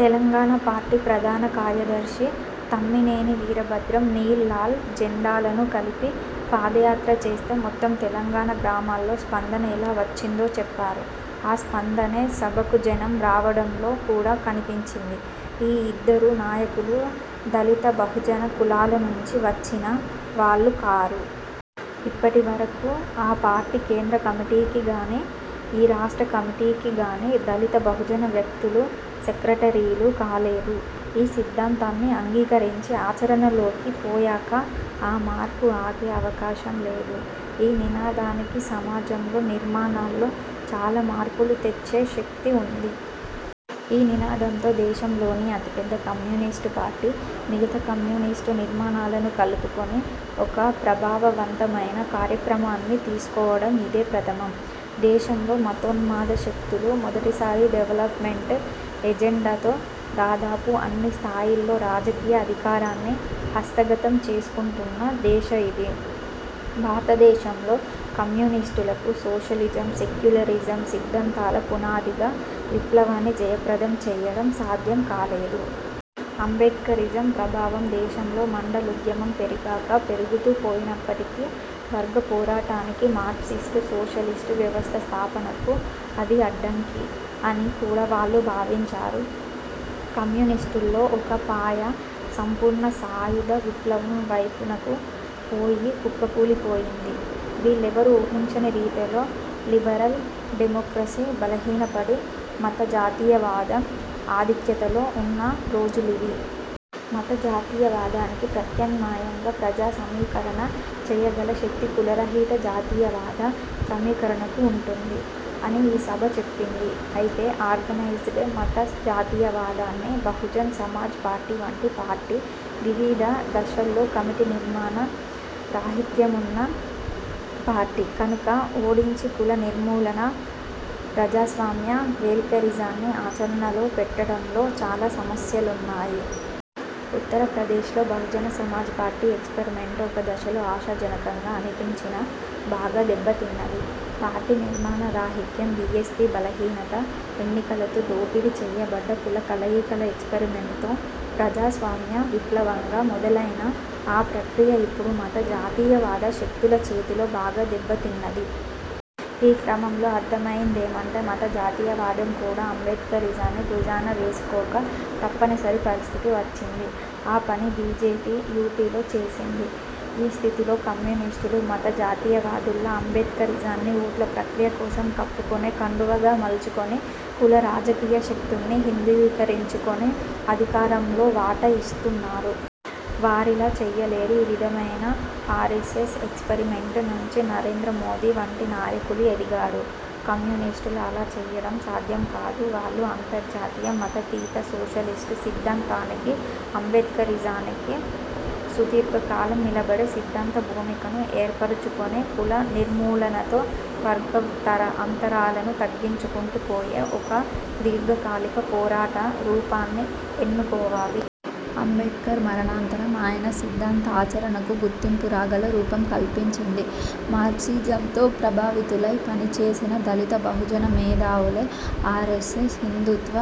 Telangana party ప్రధాన కార్యదర్శి తమ్మినేని వీరభద్రం నీల్–లాల్ జెండాలను కలిపి పాదయాత్ర చేస్తే మొత్తం తెలంగాణ గ్రామాల్లో స్పందన ఎలా వచ్చిందో చెప్పారు. ఆ స్పందనే సభకు జనం రావడంలో కూడా కనిపించింది. ఈ ఇద్దరు నాయకులు దళిత బహుజన కులాల నుంచి వచ్చిన వాళ్ళు కారు. ఇప్పటివరకు ఆ పార్టీ కేంద్ర కమిటీకి గానీ, ఈ రాష్ట్ర కమిటీకి గానీ దళిత బహుజన వ్యక్తులు సెక్రటరీలు కాలేదు. ఈ సిద్ధాంతాన్ని అంగీకరించి ఆచరణలోకి పోయాక ఆ మార్పు ఆగే అవకాశం లేదు. ఈ నినాదానికి సమాజంలో, నిర్మాణాల్లో చాలా మార్పులు తెచ్చే శక్తి ఉంది. ఈ నినాదంతో దేశంలోని అతిపెద్ద కమ్యూనిస్టు పార్టీ, మిగతా కమ్యూనిస్టు నిర్మాణాలను కలుపుకొని ఒక ప్రభావవంతమైన కార్యక్రమాన్ని తీసుకోవడం ఇదే ప్రథమం. దేశంలో మతోన్మాద శక్తులు మొదటిసారి డెవలప్మెంట్ ఎజెండాతో దాదాపు అన్ని స్థాయిల్లో రాజకీయ అధికారాన్ని హస్తగతం చేసుకుంటున్న దశ ఇది. భారతదేశంలో కమ్యూనిస్టులకు సోషలిజం, సెక్యులరిజం సిద్ధాంతాల పునాదిగా విప్లవాన్ని జయప్రదం చెయ్యడం సాధ్యం కాలేదు. అంబేడ్కరిజం ప్రభావం దేశంలో మండల్ ఉద్యమం పెరిగాక పెరుగుతూ పోయినప్పటికీ, వర్గ పోరాటానికి మార్క్సిస్టు సోషలిస్టు వ్యవస్థ స్థాపనకు అది అడ్డంకి అని కూడా వాళ్ళు భావించారు. కమ్యూనిస్టుల్లో ఒక పాయ 'సంపూర్ణ సాయుధ' విప్లవం వైపునకు పోయి కుప్పకూలిపోయింది. వీళ్లెవ్వరూ ఊహించని రీతిలో 'లిబరల్ డెమోక్రసీ' బలహీనపడి 'మత జాతీయవాదం' ఆధిక్యతలో ఉన్న రోజులివి. మత జాతీయవాదానికి ప్రత్యామ్నాయంగా ప్రజాసమీకరణ చెయ్యగల శక్తి 'కుల రహిత జాతీయవాద' సమీకరణకు ఉంటుంది అని ఈ సభ చెప్పింది. అయితే ఆర్గనైజ్డ్ మత జాతీయవాదాన్ని, బహుజన్ సమాజ్ పార్టీ వంటి పార్టీ వివిధ దశల్లో కమిటీ నిర్మాణ రాహిత్యమున్న పార్టీ కనుక ఓడించి 'కుల నిర్మూలన ప్రజాస్వామ్య వెల్ఫేరిజాన్ని' ఆచరణలో పెట్టడంలో చాలా సమస్యలున్నాయి. ఉత్తరప్రదేశ్లో బహుజన సమాజ్ పార్టీ ఎక్స్పెర్మెంట్ ఒక దశలో ఆశాజనకంగా అనిపించినా, బాగా దెబ్బతిన్నది. పార్టీ నిర్మాణ రాహిత్యం బీఎస్పీ బలహీనత. ఎన్నికలతో దోపిడీ చెయ్యబడ్డ కుల కలయికల ఎక్స్పెరిమెంట్తో 'ప్రజాస్వామ్య విప్లవంగా' మొదలైన ఆ ప్రక్రియ ఇప్పుడు మత జాతీయవాద శక్తుల చేతిలో బాగా దెబ్బతిన్నది. ఈ క్రమంలో అర్థమయిందేమంటే మత జాతీయవాదం కూడా అంబేడ్కరిజాన్ని భుజాన వేసుకోక తప్పనిసరి పరిస్థితి వచ్చింది. ఆ పని బీజేపీ యూపీలో చేసింది. ఈ స్థితిలో కమ్యూనిస్టులు మత జాతీయవాదుల్లా అంబేడ్కరిజాన్ని ఓట్ల ప్రక్రియ కోసం కప్పుకునే కండువగా మల్చుకొని కులరాజకీయ శక్తుల్ని హిందూయీకరించుకొని అధికారంలో వాటా ఇస్తున్నారు. వారిలా చెయ్యలేరు. ఈ విధమైన ఆర్ఎస్ఎస్ ఎక్స్పరిమెంట్ నుంచి నరేంద్ర మోదీ వంటి నాయకులు ఎదిగారు. కమ్యూనిస్టులు అలా చెయ్యడం సాధ్యం కాదు. వాళ్ళు అంతర్జాతీయ మతాతీత సోషలిస్టు సిద్ధాంతానికి అంబేడ్కరిజానికి సుదీర్ఘ కాలం నిలబడే సిద్ధాంత భూమికను ఏర్పరచుకొని కుల నిర్మూలనతో వర్గ అంతరాలను తగ్గించుకుంటూ పోయే ఒక దీర్ఘకాలిక పోరాట రూపాన్ని ఎన్నుకోవాలి. అంబేడ్కర్ మరణానంతరం ఆయన సిద్ధాంత ఆచరణకు గుర్తింపు రాగల రూపం కల్పించింది మార్క్సిజంతో ప్రభావితులై, పనిచేసిన దళిత బహుజన మేధావులే. ఆర్ఎస్ఎస్ హిందూత్వ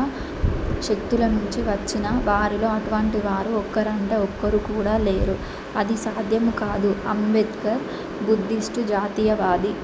శక్తుల నుంచి వచ్చిన వారిలో అటువంటి వారు ఒక్కరంటే ఒక్కరు కూడా లేరు. అది సాధ్యమూ కాదు. అంబేడ్కర్ బుద్ధిస్టు జాతీయవాది.